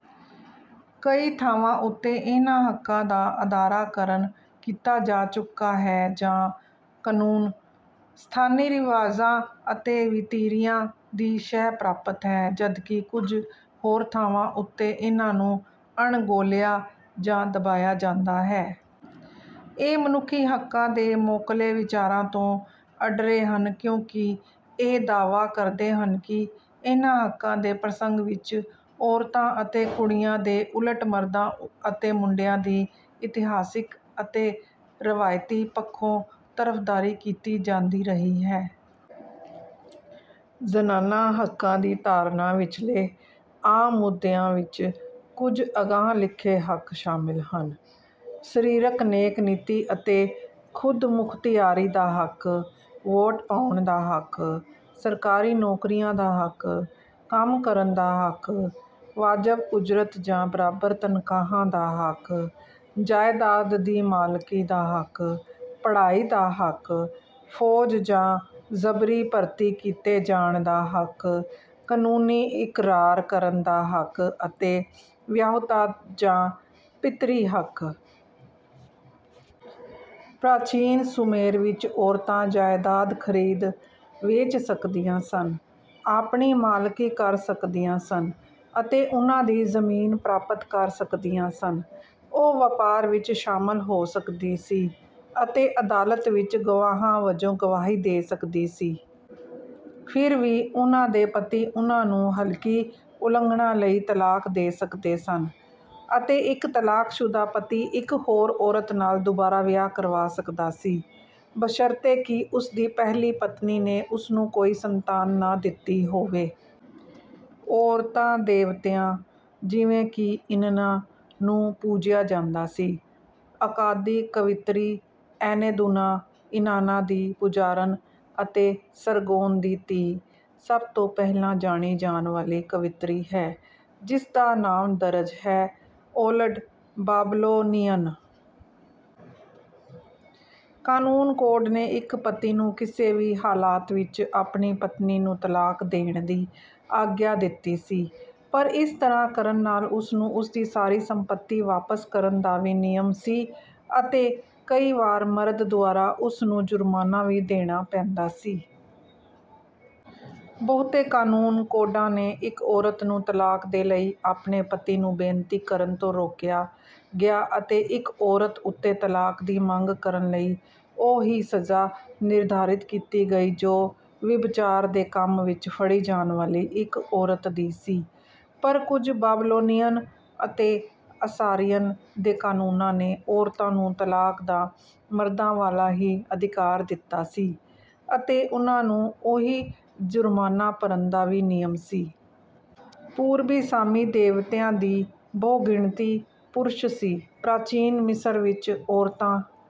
ਕਈ ਥਾਂਵਾਂ ਉੱਤੇ ਇਹਨਾਂ ਹੱਕਾਂ ਦਾ ਅਦਾਰਾਕਰਨ ਕੀਤਾ ਜਾ ਚੁੱਕਾ ਹੈ ਜਾਂ ਕਨੂੰਨ, ਸਥਾਨੀ ਰਿਵਾਜਾਂ ਅਤੇ ਵਤੀਰਿਆਂ ਦੀ ਸ਼ਹਿ ਪ੍ਰਾਪਤ ਹੈ ਜਦਕਿ ਕੁਝ ਹੋਰ ਥਾਂਵਾਂ ਉੱਤੇ ਇਹਨਾਂ ਨੂੰ ਅਣਗੌਲਿਆ ਜਾਂ ਦਬਾਇਆ ਜਾਂਦਾ ਹੈ। ਇਹ ਮਨੁੱਖੀ ਹੱਕਾਂ ਦੇ ਮੋਕਲੇ ਵਿਚਾਰਾਂ ਤੋਂ ਅੱਡਰੇ ਹਨ ਕਿਉਂਕਿ ਇਹ ਦਾਅਵਾ ਕਰਦੇ ਹਨ ਕਿ ਇਹਨਾਂ ਹੱਕਾਂ ਦੇ ਪ੍ਰਸੰਗ ਵਿੱਚ ਔਰਤਾਂ ਅਤੇ ਕੁੜੀਆਂ ਦੇ ਉਲਟ ਮਰਦਾਂ ਅਤੇ ਮੁੰਡਿਆਂ ਦੀ ਇਤਿਹਾਸਿਕ ਅਤੇ ਰਵਾਇਤੀ ਪੱਖੋਂ ਤਰਫਦਾਰੀ ਕੀਤੀ ਜਾਂਦੀ ਰਹੀ ਹੈ। ਜ਼ਨਾਨਾ ਹੱਕਾਂ ਦੀ ਧਾਰਨਾ ਵਿਚਲੇ ਆਮ ਮੁੱਦਿਆਂ ਵਿੱਚ ਕੁਝ ਅਗਾਂਹ ਲਿਖੇ ਹੱਕ ਸ਼ਾਮਲ ਹਨ ਸਰੀਰਕ ਨੇਕ ਨੀਤੀ ਅਤੇ ਖੁਦਮੁਖਤਿਆਰੀ ਦਾ ਹੱਕ, ਵੋਟ ਪਾਉਣ ਦਾ ਹੱਕ, ਸਰਕਾਰੀ ਨੌਕਰੀਆਂ ਦਾ ਹੱਕ, ਕੰਮ ਕਰਨ ਦਾ ਹੱਕ, ਵਾਜਬ ਉਜਰਤ ਜਾਂ ਬਰਾਬਰ ਤਨਖਾਹਾਂ ਦਾ ਹੱਕ, ਜਾਇਦਾਦ ਦੀ ਮਾਲਕੀ ਦਾ ਹੱਕ, ਪੜ੍ਹਾਈ ਦਾ ਹੱਕ, ਫੌਜ ਜਾਂ ਜ਼ਬਰੀ ਭਰਤੀ ਕੀਤੇ ਜਾਣ ਦਾ ਹੱਕ, ਕਨੂੰਨੀ ਇਕਰਾਰ ਕਰਨ ਦਾ ਹੱਕ ਅਤੇ ਵਿਆਹੁਤਾ ਜਾਂ ਪਿਤਰੀ ਹੱਕ। ਪ੍ਰਾਚੀਨ ਸੁਮੇਰ ਵਿੱਚ ਔਰਤਾਂ ਜਾਇਦਾਦ ਖਰੀਦ, ਵੇਚ ਸਕਦੀਆਂ ਸਨ, ਆਪਣੀ ਮਾਲਕੀ ਕਰ ਸਕਦੀਆਂ ਸਨ ਅਤੇ ਉਨ੍ਹਾਂ ਦੀ ਜ਼ਮੀਨ ਪ੍ਰਾਪਤ ਕਰ ਸਕਦੀਆਂ ਸਨ। ਉਹ ਵਪਾਰ ਵਿੱਚ ਸ਼ਾਮਲ ਹੋ ਸਕਦੀ ਸੀ, ਅਤੇ ਅਦਾਲਤ ਵਿੱਚ ਗਵਾਹਾਂ ਵਜੋਂ ਗਵਾਹੀ ਦੇ ਸਕਦੀ ਸੀ। ਫਿਰ ਵੀ, ਉਨ੍ਹਾਂ ਦੇ ਪਤੀ ਉਨ੍ਹਾਂ ਨੂੰ ਹਲਕੀ ਉਲੰਘਣਾ ਲਈ ਤਲਾਕ ਦੇ ਸਕਦੇ ਸਨ, ਅਤੇ ਇੱਕ ਤਲਾਕਸ਼ੁਦਾ ਪਤੀ ਇੱਕ ਹੋਰ ਔਰਤ ਨਾਲ ਦੁਬਾਰਾ ਵਿਆਹ ਕਰਵਾ ਸਕਦਾ ਸੀ, ਬਸ਼ਰਤੇ ਕਿ ਉਸਦੀ ਪਹਿਲੀ ਪਤਨੀ ਨੇ ਉਸਨੂੰ ਕੋਈ ਸੰਤਾਨ ਨਾ ਦਿੱਤੀ ਹੋਵੇ। ਔਰਤਾਂ ਦੇਵਤਿਆਂ, ਜਿਵੇਂ ਕਿ ਇਨਨਾ, ਨੂੰ ਪੂਜਿਆ ਜਾਂਦਾ ਸੀ। ਅੱਕਾਦੀ ਕਵਿੱਤਰੀ ਐਨੇਦੁਨਾ, ਇਨਾਨਾ ਦੀ ਪੁਜਾਰਨ ਅਤੇ ਸਰਗੋਨ ਦੀ ਧੀ, ਸਭ ਤੋਂ ਪਹਿਲਾਂ ਜਾਣੀ ਜਾਣ ਵਾਲੀ ਕਵਿੱਤਰੀ ਹੈ ਜਿਸਦਾ ਨਾਮ ਦਰਜ ਹੈ। ਓਲਡ ਬਾਬਲੋਨੀਅਨ ਕਾਨੂੰਨ ਕੋਡ ਨੇ ਇੱਕ ਪਤੀ ਨੂੰ ਕਿਸੇ ਵੀ ਹਾਲਾਤ ਵਿੱਚ ਆਪਣੀ ਪਤਨੀ ਨੂੰ ਤਲਾਕ ਦੇਣ ਦੀ ਆਗਿਆ ਦਿੱਤੀ ਸੀ, ਪਰ ਇਸ ਤਰ੍ਹਾਂ ਕਰਨ ਨਾਲ ਉਸਨੂੰ ਉਸਦੀ ਸਾਰੀ ਸੰਪਤੀ ਵਾਪਸ ਕਰਨ ਦਾ ਵੀ ਨਿਯਮ ਸੀ ਅਤੇ ਕਈ ਵਾਰ ਮਰਦ ਦੁਆਰਾ ਉਸਨੂੰ ਜੁਰਮਾਨਾ ਵੀ ਦੇਣਾ ਪੈਂਦਾ ਸੀ। ਬਹੁਤੇ ਕਾਨੂੰਨ ਕੋਡਾਂ ਨੇ ਇੱਕ ਔਰਤ ਨੂੰ ਤਲਾਕ ਦੇ ਲਈ ਆਪਣੇ ਪਤੀ ਨੂੰ ਬੇਨਤੀ ਕਰਨ ਤੋਂ ਰੋਕਿਆ ਗਿਆ ਅਤੇ ਇੱਕ ਔਰਤ ਉੱਤੇ ਤਲਾਕ ਦੀ ਮੰਗ ਕਰਨ ਲਈ ਉਹ ਹੀ ਸਜ਼ਾ ਨਿਰਧਾਰਿਤ ਕੀਤੀ ਗਈ ਜੋ ਵਿਭਚਾਰ ਦੇ ਕੰਮ ਵਿੱਚ ਫੜੀ ਜਾਣ ਵਾਲੀ ਇੱਕ ਔਰਤ ਦੀ ਸੀ, ਪਰ ਕੁਝ ਬਾਬਲੋਨੀਅਨ ਅਤੇ ਅਸਾਰਿਅਨ ਦੇ ਕਾਨੂੰਨਾਂ ਨੇ ਔਰਤਾਂ ਨੂੰ ਤਲਾਕ ਦਾ ਮਰਦਾਂ ਵਾਲਾ ਹੀ ਅਧਿਕਾਰ ਦਿੱਤਾ ਸੀ, ਅਤੇ ਉਨ੍ਹਾਂ ਨੂੰ ਉਹੀ ਜੁਰਮਾਨਾ ਭਰਨ ਦਾ ਵੀ ਨਿਯਮ ਸੀ। ਪੂਰਬੀ ਸਾਮੀ ਦੇਵਤਿਆਂ ਦੀ ਬਹੁਗਿਣਤੀ ਪੁਰਸ਼ ਸੀ। ਪ੍ਰਾਚੀਨ ਮਿਸਰ ਵਿੱਚ, ਔਰਤਾਂ